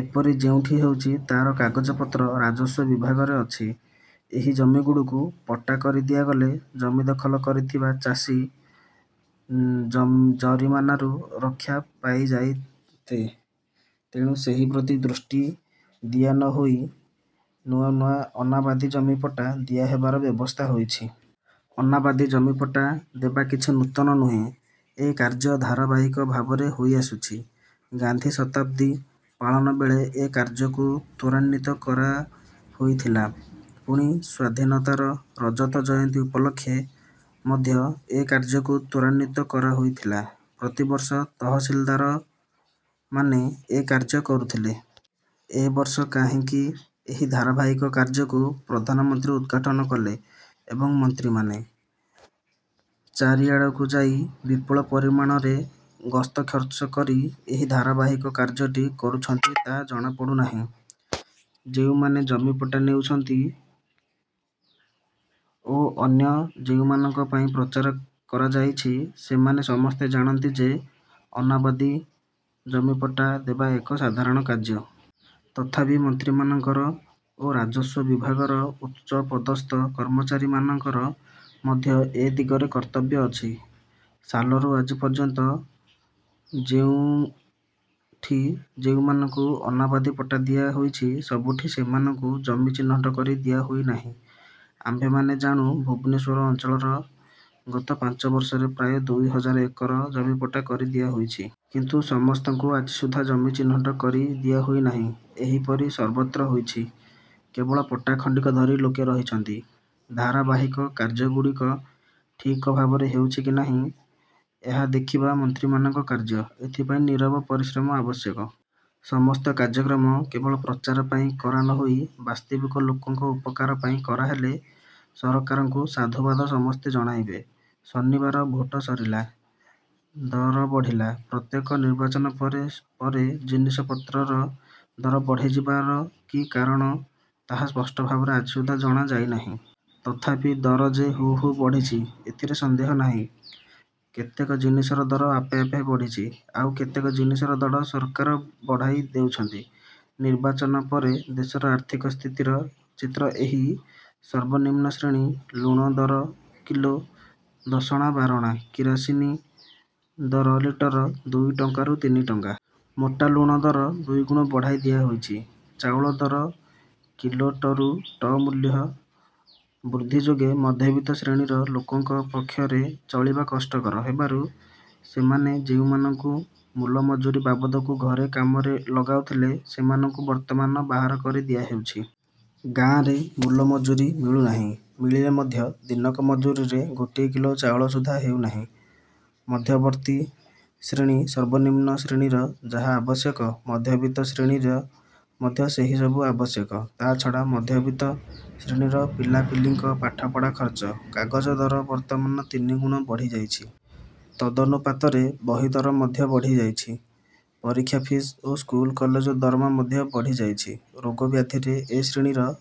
ଏପରି ଯେଉଁଠି ହେଉଛି ତା'ର କାଗଜପତ୍ର ରାଜସ୍ୱ ବିଭାଗରେ ଅଛି। ଏହି ଜମିଗୁଡ଼ିକୁ ପଟ୍ଟା କରି ଦିଆଗଲେ ଜମି ଦଖଲ କରିଥିବା ଚାଷୀ ଜରିମାନାରୁ ରକ୍ଷା ପାଇଯାଆନ୍ତେ। କିନ୍ତୁ ସେଥିପ୍ରତି ଦୃଷ୍ଟି ଦିଆ ନହୋଇ ନୂଆ ନୂଆ ଅନାବାଦୀ ଜମି ପଟ୍ଟା ଦିଆହେବାର ବ୍ୟବସ୍ଥା ହୋଇଛି। ଅନାବାଦୀ ଜମିପଟ୍ଟା ଦେବା କିଛି ନୂତନ ନୁହେଁ। ଏ କାର୍ଯ୍ୟ ଧାରାବାହିକ ଭାବରେ ହୋଇଆସୁଛି। ଗାନ୍ଧୀ ଶତାବ୍ଦୀ ପାଳନ ବେଳେ ଏ କାର୍ଯ୍ୟକୁ ତ୍ୱରାନ୍ୱିତ କରାହୋଇଥିଲା। ପୁଣି ସ୍ୱାଧୀନତାର ରଜତ ଜୟନ୍ତୀ ଉପଲକ୍ଷେ ମଧ୍ୟ ଏ କାର୍ଯ୍ୟକୁ ତ୍ୱରାନ୍ୱିତ କରାହୋଇଥିଲା। ପ୍ରତିବର୍ଷ ତହସିଲଦାରମାନେ ଏ କାର୍ଯ୍ୟ କରୁଥିଲେ-। ଏ ବର୍ଷ ଯେ କାହିଁକି ଏହି ଧାରାବାହିକ କାର୍ଯ୍ୟକୁ ପ୍ରଧାନମନ୍ତ୍ରୀ ଉଦ୍ଘାଟନ କଲେ ଏବଂ ମନ୍ତ୍ରୀମାନେ। ଚାରିଆଡ଼କୁ ଯାଇ ବିପୁଳ ପରିମାଣରେ ଗସ୍ତ ଖର୍ଚ୍ଚ କରି ଏହି ଧାରାବାହିକ କାର୍ଯ୍ୟଟି କରୁଛନ୍ତି ତାହା ଜଣାପଡ଼ୁ ନାହିଁ। ଯେଉଁମାନେ ଜମିପଟ୍ଟା ନେଉଛନ୍ତି ଓ ଅନ୍ୟ ଯେଉଁମାନଙ୍କ ପାଇଁ ପ୍ରଚାର କରାଯାଇଛି, ସେମାନେ ସମସ୍ତେ ଜାଣନ୍ତି ଯେ ଅନାବାଦୀ ଜମିପଟ୍ଟା ଦେବା ଏକ ସାଧାରଣ କାର୍ଯ୍ୟ। ତଥାପି ମନ୍ତ୍ରୀମାନଙ୍କର ଓ ରାଜସ୍ୱ ବିଭାଗର ଉଚ୍ଚପଦସ୍ଥ କର୍ମଚାରୀ ମାନଙ୍କର ମଧ୍ୟ ଏ ଦିଗରେ କର୍ତ୍ତବ୍ୟ ଅଛି। ସାଲରୁ ଆଜି ପର୍ଯ୍ୟନ୍ତ ଯେଉଁଠି ଯେଉଁମାନଙ୍କୁ ଅନାବାଦୀ ପଟ୍ଟା ଦିଆହୋଇଛି ସବୁଠି ସେମାନଙ୍କୁ ଜମି ଚିହ୍ନଟ କରି ଦିଆହୋଇ ନାହିଁ। ଆମ୍ଭେମାନେ ଜାଣୁଁ ଭୁବନେଶ୍ୱର ଅଞ୍ଚଳରେ ଗତ ପାଞ୍ଚ ବର୍ଷରେ ପ୍ରାୟ ଦୁଇ ହଜାର ଏକର ଜମିପଟ୍ଟା କରି ଦିଆହୋଇଛି-। କିନ୍ତୁ ସମସ୍ତଙ୍କୁ ଆଜି ସୁଦ୍ଧା ଜମି ଚିହ୍ନଟ କରି ଦିଆହୋଇ ନାହିଁ। ଏହିପରି ସର୍ବତ୍ର ହୋଇଛି-। କେବଳ ପଟ୍ଟା ଖଣ୍ଡିକ ଧରି ଲୋକେ ରହିଛନ୍ତି। ଧାରାବାହିକ କାର୍ଯ୍ୟଗୁଡ଼ିକ ଠିକ ଭାବରେ ହେଉଛି କି ନାହିଁ, ଏହା ଦେଖିବା ମନ୍ତ୍ରୀମାନଙ୍କ କାର୍ଯ୍ୟ। ଏଥିପାଇଁ ନୀରବ ପରିଶ୍ରମ ଆବଶ୍ୟକ-। ସମସ୍ତ କାର୍ଯ୍ୟକ୍ରମ କେବଳ ପ୍ରଚାର ପାଇଁ କରା ନହୋଇ ବାସ୍ତବିକ ଲୋକଙ୍କ ଉପକାର ପାଇଁ କରାହେଲେ ସରକାରଙ୍କୁ ସାଧୁବାଦ ସମସ୍ତେ ଜଣାଇବେ। ଶନିବାର ଭୋଟ ସରିଲା; ଦର ବଢ଼ିଲା ପ୍ରତ୍ୟେକ ନିର୍ବାଚନ ପରେ ପରେ ଜିନିଷପତ୍ରର ଦର ବଢ଼ିଯିବାର କି କାରଣ ତାହା ସ୍ପଷ୍ଟ ଭାବରେ ଆଜିସୁଦ୍ଧା ଜଣା ଯାଇନାହିଁ। ତଥାପି ଦର ଯେ ହୁ ହୁ ବଢ଼ିଛି ଏଥିରେ ସନ୍ଦେହ ନାହିଁ। କେତେକ ଜିନିଷର ଦର ଆପେ ଆପେ ବଢ଼ିଛି; ଆଉ କେତେକ ଜିନିଷର ଦର ସରକାର ବଢ଼ାଇ ଦେଉଛନ୍ତି। ନିର୍ବାଚନ ପରେ ଦେଶର ଆର୍ଥିକ ସ୍ଥିତିର ଚିତ୍ର ଏହି– ସର୍ବନିମ୍ନ ଶ୍ରେଣୀ-ଲୁଣ ଦର କିଲୋ ଦଶଣା-ବାରଣା, କିରାସିନୀ ଦର ଲିଟର ଦୁଇ ଟଙ୍କାରୁ ତିନିଟଙ୍କା। ମୋଟା ଲୁଗା ଦର ଦୁଇଗୁଣ ବଢ଼ାଇ ଦିଆହୋଇଛି। ଚାଉଳ ଦର କିଲୋ ଟ ରୁ ଟ ମୂଲ୍ୟ ବୃଦ୍ଧି ଯୋଗେ ମଧ୍ୟବିତ୍ତ ଶ୍ରେଣୀର ଲୋକଙ୍କ ପକ୍ଷରେ ଚଳିବା କଷ୍ଟକର ହେବାରୁ ସେମାନେ ଯେଉଁମାନଙ୍କୁ ମୂଲ-ମଜୁରୀ ବାବଦକୁ ଘରେ କାମରେ ଲଗାଉଥିଲେ ସେମାନଙ୍କୁ ବର୍ତ୍ତମାନ ବାହାର କରି ଦିଆହେଉଛି। ଗାଁରେ ମୂଲ ମଜୁରୀ ମିଳୁନାହିଁ। ମିଳିଲେ ମଧ୍ୟ ଦିନକ ମଜୁରୀରେ ଗୋଟିଏ କିଲୋ ଚାଉଳ ସୁଦ୍ଧା ହେଉନାହିଁ। ମଧ୍ୟବର୍ତ୍ତୀ ଶ୍ରେଣୀ– ସର୍ବନିମ୍ନ ଶ୍ରେଣୀର ଯାହା ଆବଶ୍ୟକ ମଧ୍ୟବିତ୍ତ ଶ୍ରେଣୀର ମଧ୍ୟ ସେହିସବୁ ଆବଶ୍ୟକ। ତା' ଛଡ଼ା ମଧ୍ୟବିତ୍ତ ଶ୍ରେଣୀର ପିଲା-ପିଲିଙ୍କ ପାଠପଢ଼ା ଖର୍ଚ୍ଚ। କାଗଜ ଦର ବର୍ତ୍ତମାନ ତିନିଗୁଣ ବଢ଼ିଯାଇଛି। ତଦନୁପାତରେ ବହି ଦର ମଧ୍ୟ ବଢ଼ିଯାଇଛି। ପରୀକ୍ଷା ଫିସ୍ ଓ ସ୍କୁଲ କଲେଜ ଦରମା ମଧ୍ୟ ବଢ଼ିଯାଇଛି। ରୋଗ ବ୍ୟାଧିରେ ଏ ଶ୍ରେଣୀର